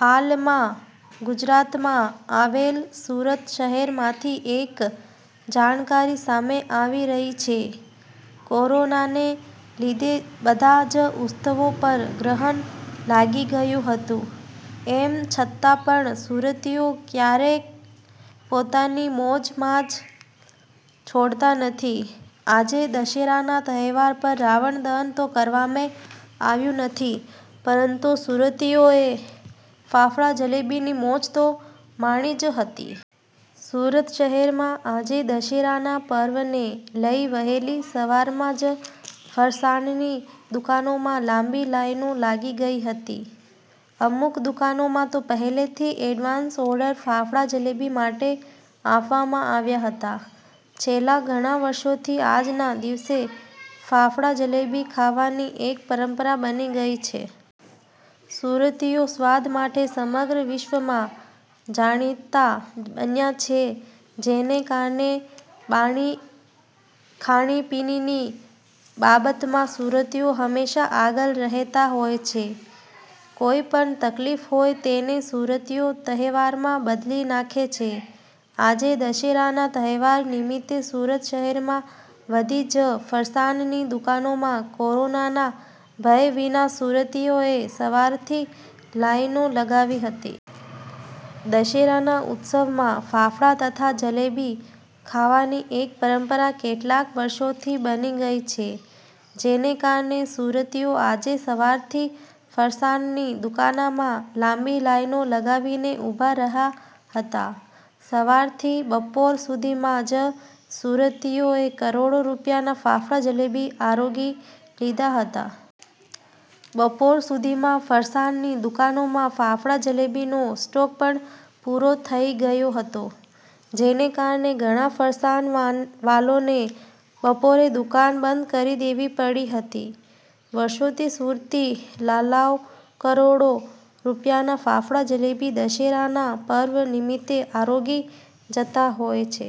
હાલમાં ગુજરાતમાં આવેલ સુરત શહેરમાંથી એક જાણકારી સામે આવી રહી છે. કોરોનાને લીધે બધાં જ ઉત્સવો પર ગ્રહણ લાગી ગયું હતું. એમ છતાં પણ સુરતીઓ કયારેય પોતાની મોજ-મજા છોડતા નથી. આજે દશેરાના તહેવાર પર રાવણ દહન તો કરવામાં આવ્યું નથી પરંતુ સુરતીઓએ ફાફડા-જલેબીની મોજ તો માણી જ હતી. સુરત શહેરમાં આજે દશેરાનાં પર્વને લઇ વહેલી સવારમાં જ ફરસાણની દુકાનોમાં લાંબી લાઈનો લાગી ગઇ હતી. અમુક દુકાનોમાં તો પહેલેથી એડવાન્સ ઓર્ડર ફાફડા-જલેબી માટે આપવામાં આવ્યા હતા. છેલ્લા ઘણાં વર્ષોથી આજના દિવસે ફાફડા-જલેબી ખાવાની એક પરંપરા બની ગઇ છે. સુરતીઓ સ્વાદ માટે સમગ્ર વિશ્વમાં જાણીતાં બન્યાં છે. જેને કારણે ખાણી-પીણીની બાબતમાં સુરતીઓ હમેશા આગળ રહેતાં હોય છે. કોઇપણ તકલીફ હોય તેને સુરતીઓ તહેવારમાં બદલી નાખે છે. આજે દશેરાના તહેવાર નિમિતે સુરત શહેરમાં બધી જ ફરસાણની દુકાનોમાં કોરોનાના ભય વિના સુરતીઓએ સવારથી લાઇનો લગાવી હતી. દશેરાના ઉત્સવમાં ફાફડા તથા જલેબી ખાવાની એક પરંપરા કેટલાંક વર્ષોથી બની ગઇ છે. જેને કારણે સુરતીઓ આજે સવારથી ફરસાણની દુકાનમાં લાંબી લાઇનો લગાવીને ઉભા રહ્યાં હતા. સવારથી બપોર સુધીમાં જ સુરતીઓએ કરોડો રૂપિયાના ફાફડા-જલેબી આરોગી લીધા હતા. બપોર સુધીમાં ફરસાણની દુકાનોમાં ફાફડા-જલેબીનો સ્ટોક પણ પુરો થઇ ગયો હતો. જેને કારણે ઘણાં ફરસાણવાળાને બપોરે દુકાન બંધ કરી દેવી પડી હતી. વર્ષોથી સુરતી લાલાઓ કરોડો રૂપિયાના ફાફડા-જલેબી દશેરાનાં પર્વ નિમિત્તે આરોગી જતાં હોય છે.